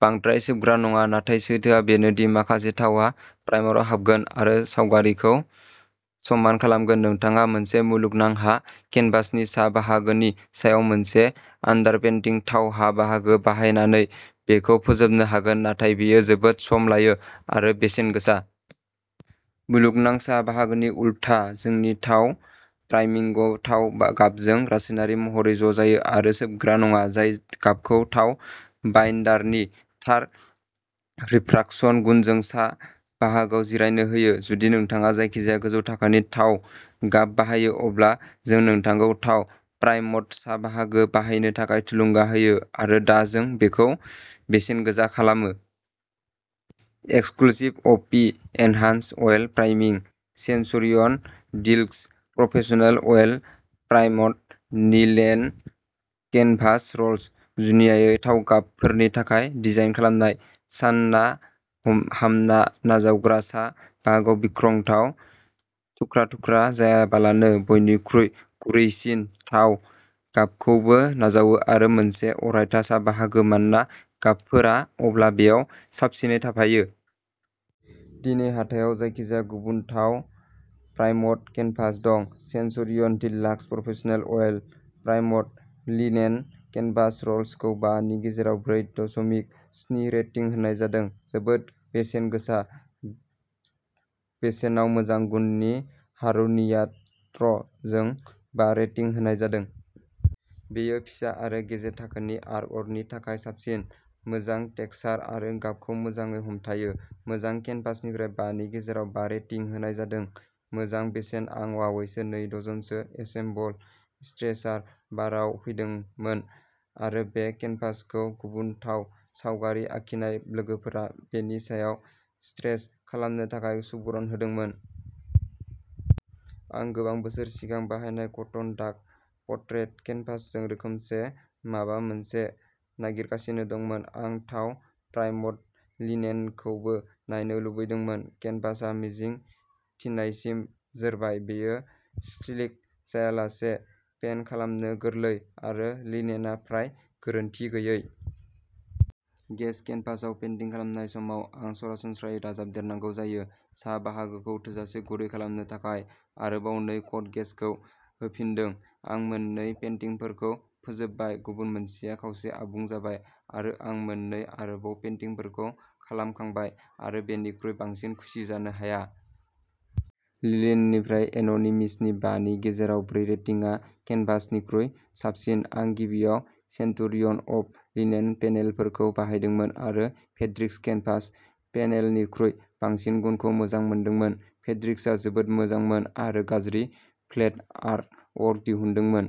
बांद्राय सोबग्रा नङा नाथाय सोथोआ बेनो दि माखासे थावआ प्राइमारआव हाबगोन आरो सावगारिखौ समान खालामगोन। नोंथाङा मोनसे मुलुगनां हा केनभासनि सा बाहागोनि सायाव मोनसे आन्डारपेन्टिं थाव हा बाहागो बाहायनानै बेखौ फोजोबनो हागोन नाथाय बेयो जोबोद सम लायो आरो बेसेन गोसा। मुलुगनां सा बाहागोनि उल्था जोंनि थाव प्राइमिंगआ थाव गाबजों रासायनारि महरै ज' जायो आरो सोबग्रा नङा, जाय गाबखौ थाव बाइन्डारनि थार रिफ्राकसन गुनजों सा बाहागोआव जिरायनो होयो। जुदि नोंथाङा जायखिजाया गोजौ थाखोनि थाव गाब बाहायो, अब्ला जों नोंथांखौ थाव प्राइमड सा बाहागो बाहायनो थाखाय थुलुंगा होयो आरो दा जों बेखौ बेसेनगोजा खालामो। एक्सक्लुसिभ अ P enhanced oil priming. Centurion deluxe professional oil primed linen canvas rolls, जुनियायै थाव गाबफोरनि थाखाय डिजाइन खालामनाय। सानना हम हामना नाजावग्रा सा बाहागोआ बिख्रंथाव थुख्रा-थुख्रा जायालाबानो बयनिख्रुइ गुरैसिन थाव गाबखौबो नाजावो आरो मोनसे अरायथा सा बाहागो मानोना गाबफोरा अब्ला बेयाव साबसिनै थाफायो। दिनै हाथायाव जायखिजाया गुबुन थाव प्राइमड केनभास दं। Centurion deluxe professional oil primed linen canvas rolls खौ बा नि गेजेराव ब्रै दसमिक स्नि रेटिं होनाय जादों। जोबोद बेसेनगोसा बेसेनाव मोजां गुननि हारुनियार्ट्रजों बा रेटिं होनाय जादों। बेयो फिसा आरो गेजेर थाखोनि आर्टवर्कनि थाखाय साबसिन। मोजां टेक्सचार आरो गाबखौ मोजाङै हमथायो। मोजां केनभासनिफ्राय बा नि गेजेराव बा रेटिं होनाय जादों, मोजां बेसेन आं बावैसो नै डजनसो एसेम्बल स्ट्रेचार बारआव फैदों मोन, आरो बे केनभासखौ गुबुन थाव सावगारि आखिनाय लोगोफोरा बेनि सायाव स्ट्रेच खालामनो थाखाय सुबुरुन होदोंमोन। आं गोबां बोसोर सिगां बाहायनाय कटन डाक पर्ट्रेट केनभासजों रोखोमसे माबा मोनसे नागिरगासिनो दंमोन। आं थाव प्राइमड लिनेनखौबो नायनो लुबैदोंमोन। केनभासआ मिजिं थिनायसिम जोरबाय, बेयो स्लिक जायालासे पेन्ट खालामनो गोरलै, आरो लिनेनआ फ्राय गोरोन्थि गैयै। गेस केनभासआव पेन्टिं खालामनाय समाव, आं सरासनस्रायै दाजाबदेरनांगौ जायो। सा बाहागोखौ थोजासे गुरै खालामनो थाखाय आरोबाव नै कट गेसखौ होफिनदों। आं मोन नै पेन्टिंफोरखौ फोजोबबाय, गुबुन मोनसेआ खावसे आबुं जाबाय, आरो आं मोन नै आरोबाव पेन्टिंफोरखौ खालामखांबाय, आरो बेनिख्रुइ बांसिन खुसि जानो हाया। लिनेननिफ्राय एन'निमिसनि बा नि गेजेराव ब्रै रेटिंआ केनभासनिख्रुइ साबसिन आं गिबियाव सेन्टुरियन अप लिनेन पेनेलफोरखौ बायदोंमोन आरो फ्रेड्रिक्स केनभास पेनेलनिख्रुइ बांसिन गुनखौ मोजां मोनदोंमोन। फ्रेड्रिक्सआ जोबोद मोजांमोन आरो गाज्रि फ्लेट आर्ट वर्क दिहुनदोंमोन।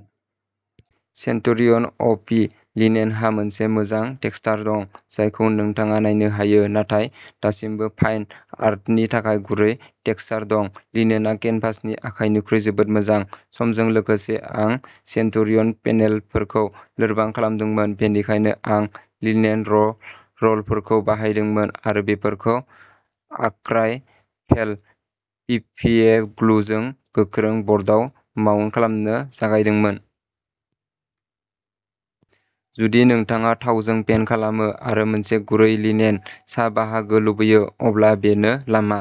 सेन्टुरियन अ पि लिनेनहा मोनसे मोजां टेक्सचार दं जायखौ नोंथाङा नायनो हायो नाथाय दासिमबो फाइन आर्टनि थाखाय गुरै टेक्सचार दं। लिनेनआ केनभासनि आखाइनिख्रुइ जोबोद मोजां। समजों लोगोसे आं सेन्टुरियन पेनेलफोरखौ लोरबां मोनदोंमोन बेनिखायनो आं लिनेन र र'लफोरखौ बायदोंमोन आरो बेफोरखौ आक्राइभेल पि भि ए ग्लुजों गोख्रों बर्डआव माउन्ट खालामनो जागायदोंमोन। जुदि नोंथाङा थावजों पेन्ट खालामो आरो मोनसे गुरै लिनेन सा बाहागो लुबैयो अब्ला बेनो लामा।